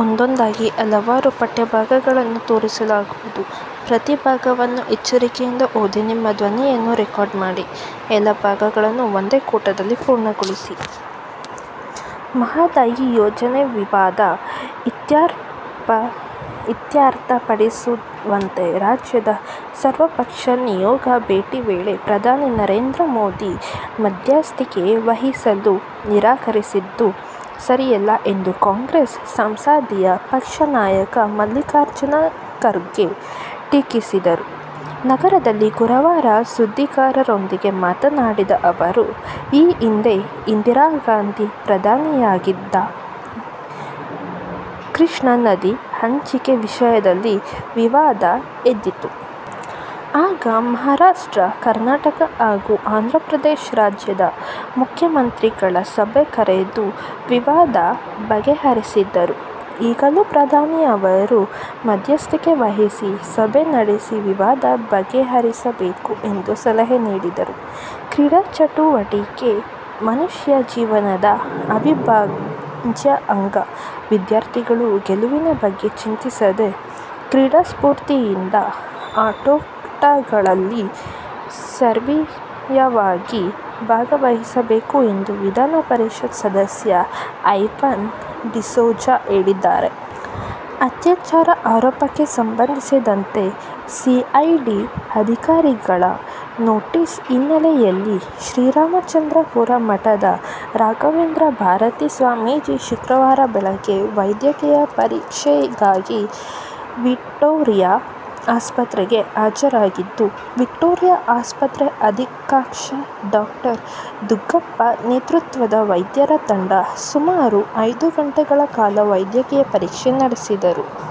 ಮಹಾದಾಯಿ ಯೋಜನೆ ವಿವಾದ ಇತ್ಯರ್ಥಪಡಿಸುವಂತೆ ರಾಜ್ಯದ ಸರ್ವಪಕ್ಷ ನಿಯೋಗ ಭೇಟಿ ವೇಳೆ ಪ್ರಧಾನಿ ನರೇಂದ್ರ ಮೋದಿ ಮಧ್ಯಸ್ಥಿಕೆ ವಹಿಸಲು ನಿರಾಕರಿಸಿದ್ದು ಸರಿಯಲ್ಲ ಎಂದು ಕಾಂಗ್ರೆಸ್ ಸಂಸದೀಯ ಪಕ್ಷ ನಾಯಕ ಮಲ್ಲಿಕಾರ್ಜುನ ಖರ್ಗೆ ಟೀಕಿಸಿದರು. ನಗರದಲ್ಲಿ ಗುರುವಾರ ಸುದ್ದಿಗಾರರೊಂದಿಗೆ ಮಾತನಾಡಿದ ಅವರು, ಈ ಹಿಂದೆ ಇಂದಿರಾಗಾಂಧಿ ಪ್ರಧಾನಿಯಾಗಿದ್ದಾಗ ಕೃಷ್ಣಾ ನದಿ ಹಂಚಿಕೆ ವಿಷಯದಲ್ಲಿ ವಿವಾದ ಎದ್ದಿತ್ತು. ಆಗ ಮಹಾರಾಷ್ಟ್ರ, ಕರ್ನಾಟಕ ಹಾಗೂ ಆಂಧ್ರಪ್ರದೇಶ ರಾಜ್ಯದ ಮುಖ್ಯಮಂತ್ರಿಗಳ ಸಭೆ ಕರೆದು ವಿವಾದ ಬಗೆಹರಿಸಿದ್ದರು. ಈಗಲೂ ಪ್ರಧಾನಿ ಅವರು ಮಧ್ಯಸ್ಥಿಕೆ ವಹಿಸಿ ಸಭೆ ನಡೆಸಿ ವಿವಾದ ಬಗೆಹರಿಸಬೇಕು ಎಂದು ಸಲಹೆ ನೀಡಿದರು. ಕ್ರೀಡಾ ಚಟುವಟಿಕೆ ಮನುಷ್ಯ ಜೀವನದ ಅವಿಭಾಜ್ಯ ಅಂಗ. ವಿದ್ಯಾರ್ಥಿಗಳು ಗೆಲುವಿನ ಬಗ್ಗೆ ಚಿಂತಿಸದೆ ಕ್ರೀಡಾಸ್ಫೂರ್ತಿಯಿಂದ ಆಟೋಟಗಳಲ್ಲಿ ಸಕ್ರಿಯವಾಗಿ ಭಾಗವಹಿಸಬೇಕು ಎಂದು ವಿಧಾನ ಪರಿಷತ್ ಸದಸ್ಯ ಐವನ್ ಡಿಸೋಜ ಹೇಳಿದರು. ಅತ್ಯಾಚಾರ ಆರೋಪಕ್ಕೆ ಸಂಬಂಧಿಸಿದಂತೆ ಸಿಐಡಿ ಅಧಿಕಾರಿಗಳ ನೋಟಿಸ್ನ ಹಿನ್ನೆಲೆಯಲ್ಲಿ ಶ್ರೀರಾಮಚಂದ್ರಾಪುರ ಮಠದ ರಾಘವೇಶ್ವರ ಭಾರತೀ ಸ್ವಾಮೀಜಿ ಶುಕ್ರವಾರ ಬೆಳಿಗ್ಗೆ ವೈದ್ಯಕೀಯ ಪರೀಕ್ಷೆಗಾಗಿ ವಿಕ್ಟೋರಿಯಾ ಆಸ್ಪತ್ರೆಗೆ ಹಾಜರಾಗಿದ್ದು, ವಿಕ್ಟೋರಿಯಾ ಆಸ್ಪತ್ರೆ ಅಧೀಕ್ಷಕ ಡಾ. ದುಗ್ಗಪ್ಪ ನೇತೃತ್ವದ ವೈದ್ಯರ ತಂಡ ಸುಮಾರು ಐದು ಗಂಟೆಗಳ ಕಾಲ ವೈದ್ಯಕೀಯ ಪರೀಕ್ಷೆ ನಡೆಸಿದರು.